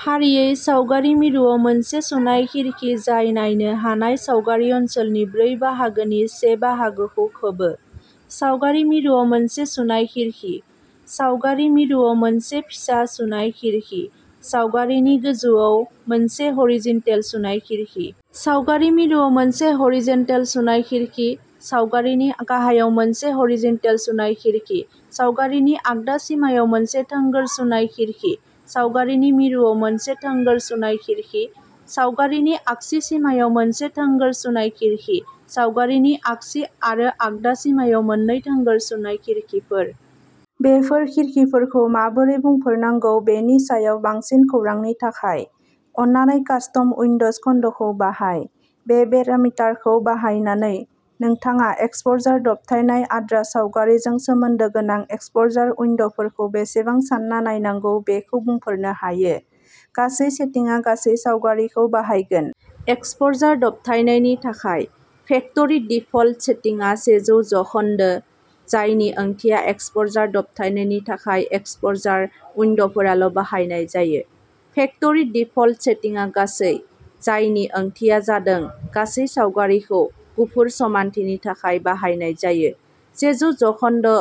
फारियै सावगारि मिरुआव मोनसे सुनाय खिरखि जाय नायनो हानाय सावगारि ओनसोलनि ब्रै बाहागोनि से बाहागोखौ खोबो। सावगारि मिरुआव मोनसे सुनाय खिरखि। सावगारि मिरुआव मोनसे फिसा सुनाय खिरखि। सावगारिनि गोजौआव मोनसे ह'रिजेन्टेल सुनाय खिरखि। सावगारि मिरुआव मोनसे ह'रिजेन्टेल सुनाय खिरखि। सावगारिनि गाहायाव मोनसे ह'रिजेन्टेल सुनाय खिरखि। सावगारिनि आगदा सिमायाव मोनसे थोंगोर सुनाय खिरखि। सावगारि मिरुआव मोनसे थोंगोर सुनाय खिरखि। सावगारिनि आगसि सिमायाव मोनसे थोंगोर सुनाय खिरखि। सावगारिनि आगसि आरो आगदा सिमायाव मोन्नै थोंगोर सुनाय खिरखिफोर। बेफोर खिरखिफोरखौ माबोरै बुंफोरनांगौ बेनि सायाव बांसिन खौरांनि थाखाय, अन्नानै कास्टम उइन्ड'ज खोन्दोखौ बाहाय। बे पेरामिटारखौ बाहायनानै, नोंथाङा एक्सप'जार दबथायनाय आद्रा सावगारिजों सोमोन्दो गोनां एक्सप'जार उइन्ड'फोरखौ बेसेबां सान्ना नायनांगौ बेखौ बुंफोरनो हायो। गासै सेटिंआ गासै सावगारिखौ बाहायगोन। एक्सप'जार दबथायनायनि थाखाय। फेक्ट'रि दिफल्ट सेटिंआ सेजौ जौखोनदो, जायनि ओंथिया एक्सप'जार दबथायनायनि थाखाय एक्सप'जार उइन्ड'फोराल' बाहायनाय जायो। फेक्ट'रि दिफल्ट सेटिंआ गासै, जायनि ओंथिया जादों गासै सावगारिखौ गुफुर समानथिनि थाखाय बाहायनाय जायो। सेजौ जौखोनदो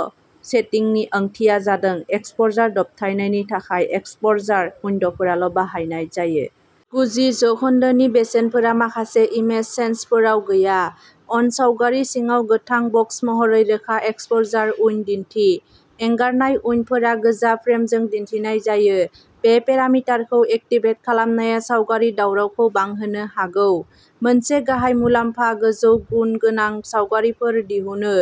सेटिंनि ओंथिया जादों एक्सप'जार दबथायनायनि थाखाय एक्सप'जार उइन्ड'फोराल' बाहायनाय जायो। गुजि जौखोनदोनि बेसेनफोरा माखासे इमेज सेन्स'रफोराव गैया। अन सावगारि सिङाव गोथां बक्स महरै रोखा एक्सप'जार उइन्ड' दिन्थि। एंगारनाय उइन्ड'फोरा गोजा फ्रेमजों दिन्थिनाय जायो। बे पेरामिटारखौ एक्टिभेट खालामनाया सावगारि दावरावखौ बांहोनो हागौ। मोनसे गाहाय मुलाम्फाआ गोजौ गुन गोनां सावगारिफोर दिहुनो,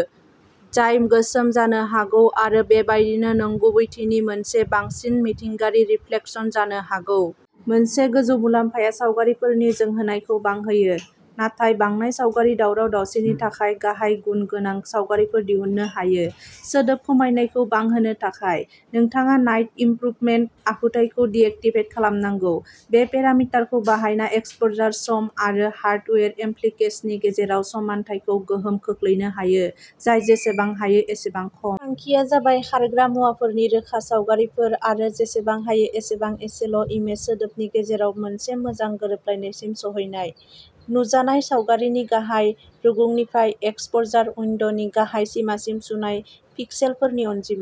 जाय गोसोम जानो हागौ आरो बेबायदिनो नंगुबैथिनि मोनसे बांसिन मिथिंगायारि रिफ्लेकसन जानो हागौ। मोनसे गोजौ मुलाम्फाआ सावगारिफोरनि जोंनायखौ बांहोयो, नाथाय बांनाय सावगारि दावराव दावसिनि थाखाय गाहाय गुन गोनां सावगारिफोर दिहुनो हायो। सोदोब खमायनायखौ बांहोनो थाखाय, नोंथाङा नाइट इमप्रुभमेन्ट आखुथायखौ डिएक्टिभेट खालामनांगौ। बे पेरामिटारखौ बाहायना एक्सप'जार सम आरो हार्डवेर एम्प्लिफिकेशननि गेजेराव समानथायखौ गोहोम खोख्लैनो हायो, जाय जेसेबां हायो एसेबां खम। थांखिया जाबाय खारग्रा मुवाफोरनि रोखा सावगारिफोर आरो जेसेबां हायो एसेबां एसेल' इमेज सोदोबनि गेजेराव मोनसे मोजां गोरोबलायनायसिम सौहैनाय। नुजानाय सावगारिनि गाहाय रुगुंनिफ्राय एक्सप'जार उइन्ड'नि गाहाय सिमासिम सुनाय पिक्सेलफोरनि अनजिमा।